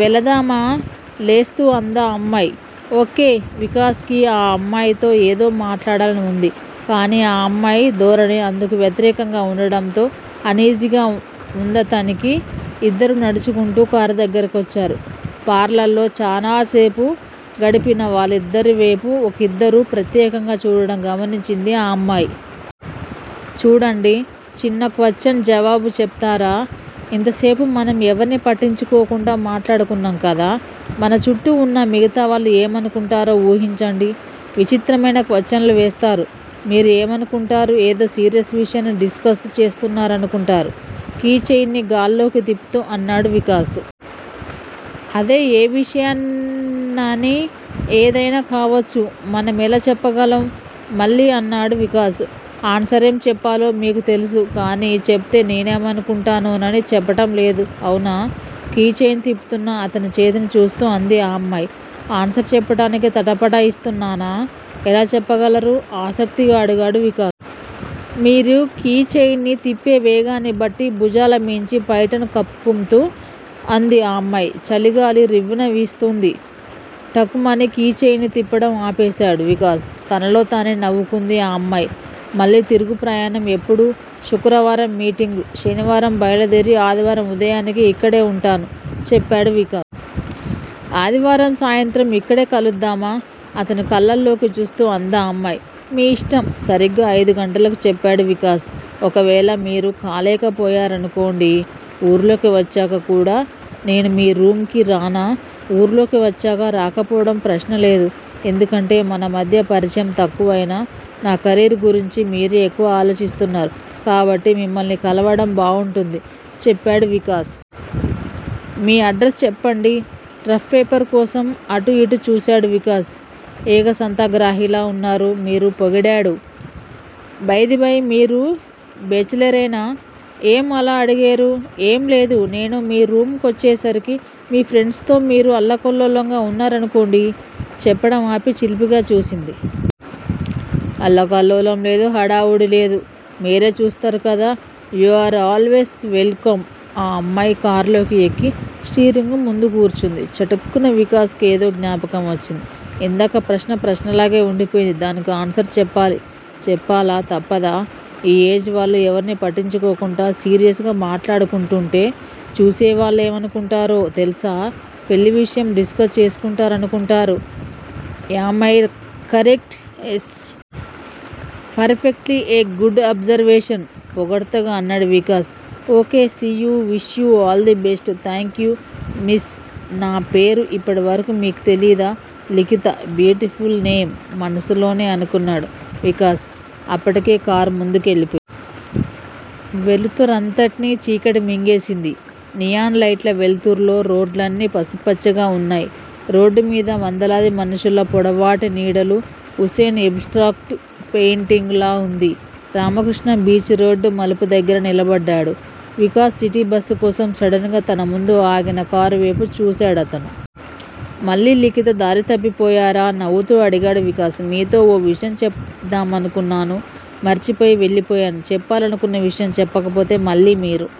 వెళదామా లేస్తూ అందా అమ్మాయి. ఓ. కె. వికాస్ కి ఆ అమ్మాయితో ఏదో మాట్లాడాలని వుంది. కానీ ఆ అమ్మాయి ధోరణి అందుకు వ్యతిరేకంగా వుండడంతో అనీజీగా వుందతనికి. ఇద్దరూ నడుచుకుంటూ కారు దగ్గరకొచ్చారు. పార్లర్ లో చానాసేపు గడిపిన వాళ్ళిద్దరివేపు ఒకరిద్దరు ప్రత్యేకంగా చూడటం గమనించింది ఆ అమ్మాయి. చూడండి చిన్న క్వశ్చన్ జవాబు చెప్తారా ఇంతసేపు మనం ఎవర్నీ పట్టించుకోకుండా మాట్లాడుకున్నాం కదా మన చుట్టూ వున్న మిగతావాళ్ళు ఏమనుకుంటారో వూహించండి విచిత్రమైన క్వశ్చన్లు వేస్తారు మీరు ఏమనుకుంటారు ఏదో సీరియస్ విషయాన్ని డిస్ కస్ చేస్తున్నారనుకుంటారు కీ చెయిన్ని గాల్లోకి తిప్పుతూ అన్నాడు వికాస్. అదే ఏ విషయాన్నని ఏదయినా కావచ్చు మనమెలా చెప్పగలం మళ్ళీ అన్నాడు వికాస్. ఆన్సరేం చెప్పాలో మీకు తెల్సు కానీ చెప్తే నేనేమనుకుంటానోనని చెప్పటం లేదు అవునా? కీ చెయిన్ తిప్పుతున్న అతని చేతిని చూస్తూ అంది ఆ అమ్మాయి. ఆన్సర్ చెప్పటానికి తటపటాయిస్తున్నానా ఎలా చెప్పగలరు ఆసక్తిగా అడిగాడు వికాస్. మీరు కీ చెయిన్ ని తిప్పే వేగాన్ని బట్టి భుజాలమీంచి పైటను కప్పుతూ అంది ఆ అమ్మాయి చలిగాలి రివ్వున వీస్తోంది. టక్ మని కీ చెయిన్ ని తిప్పడం ఆపేశాడు వికాస్. తనలో తనే నవ్వుకుంది ఆ అమ్మాయి. మళ్ళీ తిరుగు ప్రయాణం ఎప్పుడు శుక్రవారం మీటింగు శనివారం బయలుదేరి, ఆదివారం ఉదయానికి ఇక్కడే వుంటాను చెప్పాడు వికాస్. ఆదివారం సాయంత్రం యిక్కడే కలుద్దామా అతని కళ్ళల్లోకి చూస్తూ అందా అమ్మాయి. మీ యిష్టం సరిగ్గా అయిదు గంటలకు చెప్పాడు వికాస్. ఒకవేళ మీరు కాలేకపోయారనుకొండి ఊర్లోకి వచ్చాక కూడా నేను మీ రూమ్ కి రానా వూర్లోకి వచ్చాక రాకపోవడం ప్రశ్నలేదు. ఎందుకంటే మన మధ్య పరిచయం తక్కువయినా నా కెరీర్ గురించి మీరే ఎక్కువ ఆలోచిస్తున్నారు కాబట్టి మిమ్మల్ని కలవడం బావుంటుంది చెప్పాడు వికాస్. మీ ఎడ్రస్ చెప్పండి రఫ్ పేపర్ కోసం అటూ యిటూ చూశాడు వికాస్. ఏక సంధాగ్రాహిలా వున్నారు మీరు పొగిడాడు. బైదిబై మీరు బేచిలరేనా ఏం అలా అడిగేరు? ఏం లేదు నేను మీ రూమ్ కొచ్చేసరికి మీ ఫ్రెండ్స్ తో మీరు అల్లకల్లోలంగా వున్నారనుకోండి చెప్పడం ఆపి చిలిపిగా చూసింది. అల్లకల్లోలం లేదు హడావుడీ లేదు మీరే చూస్తారు కదా you are always welcome ఆ అమ్మాయి కార్లోకి ఎక్కి, స్టీరింగ్ ముందు కూర్చుంది. చటుక్కున వికాస్ కేదో జ్ఞాపకం వచ్చింది. ఇందాక ప్రశ్న ప్రశ్నలాగే వుండిపోయింది దానికి ఆన్సర్ చెప్పాలి. చెప్పాలా తప్పదా ఈ ఏజ్ వాళ్ళు, ఎవర్నీ పట్టించుకోకుండా సీరియస్ గా మాట్లాడుకుంటుంటే, చూసేవాళ్ళేవనుకుంటారో తెల్సా పెళ్ళి విషయం డిస్ కస్ చేసుకుంటున్నారనుకుంటారు am I correct yes. Perfectly a good observation పొగడ్తగా అన్నాడు Vikas. Okay. See you wish you all the best thank you miss నా పేరు ఇప్పటివరకూ మీకు తెలీదా లిఖిత 'బ్యూటిఫుల్ నేమ్' మనసులోనే అనుకున్నాడు వికాస్. అప్పటికే కారు ముందుకెళ్ళిపోయింది. వెలుతురంతట్నీ చీకటి మింగేసింది. నియాన్ లైట్ల వెల్తురులో రోడ్లన్నీ పసుపుపచ్చగా ఉన్నాయి. రోడ్డుమీద వందలాది మనుషుల పొడవాటి నీడలు. హుసేన్ 'ఎబ్ స్ట్రాక్ట్ పెయిటింగ్'లా వుంది. రామకృష్టా బీచ్ రోడ్డు మలుపు దగ్గర నిలబడ్డాడు వికాస్ సిటీ బస్సు కోసం. సడన్ గా తన ముందు ఆగిన కారువేపు చూశాడతను. మళ్ళీ లిఖిత. దారి తప్పిపోయారా నవ్వుతూ అడిగాడు వికాస్. మీతో ఓ విషయం చెప్దామనుకున్నాను మర్చిపోయి వెళ్ళి పోయాను చెప్పాలనుకున్న విషయం చెప్పకపోతే, మళ్ళీ మీరు